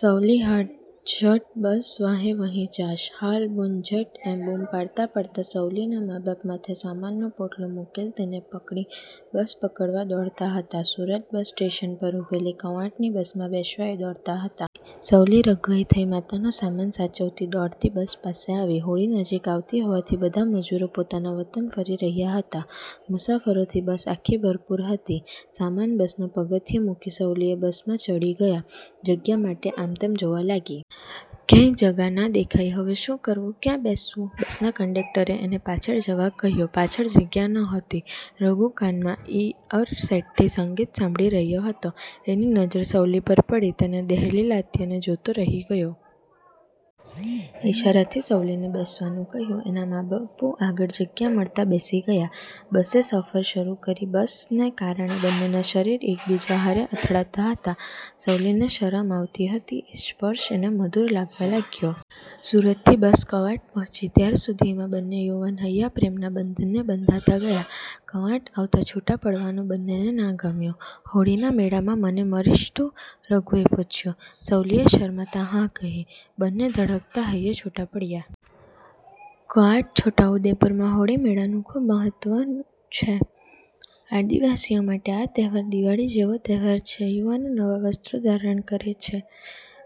"સવલી હાલ ઝટ, બસ વાંહે વહી જાશ, હાલ બુન ઝટ," એમ બૂમ પાડતાં સવલીના મા-બાપ માથે સામાનનું પોટલું મૂકેલ તેને પકડી બસ પકડવા દોડતા હતા. સુરત બસ સ્ટેશન પર ઊભેલી કવાંટની બસમાં બેસવા એ દોડતા હતા. સવલી રઘવાઈ થઈ માથાનો સામાન સાચવતી દોડતી બસ પાસે આવી. હોળી નજીક આવતી હોવાથી બધા મજૂરો પોતાના વતન પરત ફરી રહ્યા હતા. મુસાફરોથી બસ આખી ભરપૂર હતી. સામાન બસના પગથિયે મૂકી સવલી એ બસમાં ચઢી, જગ્યા માટે આમતેમ જોવા લાગી. ક્યાંય જગા ના દેખાઈ. હવે શું કરવું? ક્યાં બેસવું? બસના કંડકટરે એને પાછળ જવા કહ્યું. પાછળ જગ્યા નહોતી. રઘુ કાનમાં ઈઅરસેટથી સંગીત સાંભળી રહ્યો હતો, એની નજર સવલી પર પડી. તેના દેહલાલિત્યને જોતો રહી ગયો. ઈશારાથી સવલીને બેસવાનું કહ્યું. એના મા-બાપુ આગળ જગ્યા મળતા બેસી ગયા. બસે સફર શરૂ કરી. બસને કારણે બંનેના શરીર એકબીજા હારે અથડાતાં હતા. સવલીને શરમ આવતી હતી. એ સ્પર્શ એને મધુર લાગવા લાગ્યો. સુરતથી બસ કવાંટ પહોંચી, ત્યાર સુધીમાં બંને યુવાન હૈયા પ્રેમના બંધને બંધાતા ગયા. કવાંટ આવતાં છૂટા પડવાનું બંનેને ના ગમ્યું. "હોળીના મેળામાં મને મળીશ તું?" રઘુએ પૂછ્યું. સવલીએ શરમાતા "હા" કહી! બંને ધડકતા હૈયે છૂટા પડ્યા. કવાંટ-છોટાઉદેપુરમાં હોળીના મેળાનું ખૂબ મહત્વ છે. આદિવાસીઓ માટે આ તહેવાર દિવાળી જેવો તહેવાર છે. યુવાનો નવા વસ્ત્રો ધારણ કરે છે,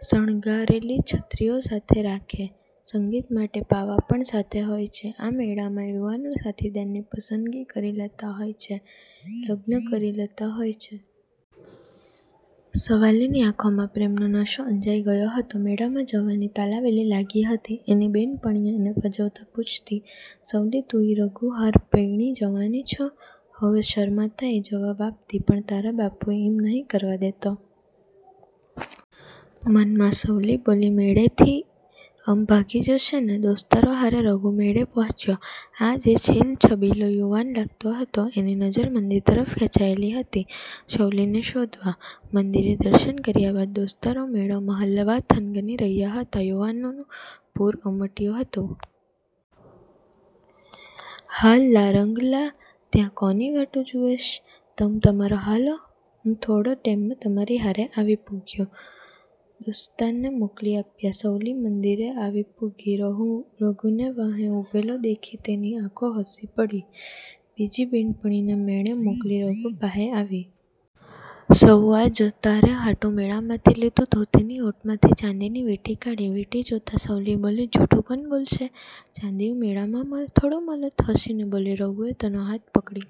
શણગારેલી છત્રીઓ સાથે રાખે, સંગીત માટે પાવા પણ સાથે હોય છે. આ મેળામાં યુવાનો સાથીદારની પસંદગી કરી લેતા હોય છે, લગ્ન કરી લેતા હોય છે. સવલીની આંખોમાં પ્રેમનો નશો અંજાય ગયો હતો, મેળામાં જવાની તાલાવેલી લાગી હતી. એની બે'નપણી એને પજવતાં પૂછતી, "સવલી તું ઈ રઘુ હારે પૈણી જવાની છો?" "હોવે" શરમાતાં એ જવાબ આપતી. "પણ તારા બાપુ ઈમ નહીં કરવા દેતો?" મનમાં સવલી બોલી,"મેળેથી અમ ભાગી જશેને" દોસ્તારો હારે રઘુ મેળે પહોંચ્યો. આજ એ છેલછબીલો યુવાન લાગતો હતો. એની નજર મંદિર તરફ ખેંચાયેલી હતી, સવલીને શોધવા. મંદિરે દર્શન કર્યા બાદ, દોસ્તારો મેળો મહાલવા થનગની રહ્યા હતા, યૌવનનું પૂર ઉમટ્યું હતું. "હાલ-લા રંગલા, ત્યાં કોની વાટુ જુવેશ?" "તમ તમારે હાલો, હું થોડા ટેમમાં તમારી હારે આવી પૂગ્યો." દોસ્તારને મોકલી આપ્યા. સવલી મંદિરે આવી પૂગી. રઘુને વાંહે ઊભેલો દેખી તેની આંખો હસી પડી. બીજી બે'નપણીને મેળે મોકલી રઘુ પાંહે આવી. "સવુ આ જો, તારે હાટુ મેળામાંથી લીધું." ધોતીની ઓટમાંથી ચાંદીની વીંટી કાઢી. વીંટી જોતાં સવલી બોલી, "જુઠુ કને બોલશ? ચાંદીયુ મેળામાં થોડું મલત?" હસીને બોલી. રઘુએ તેનો હાથ પકડી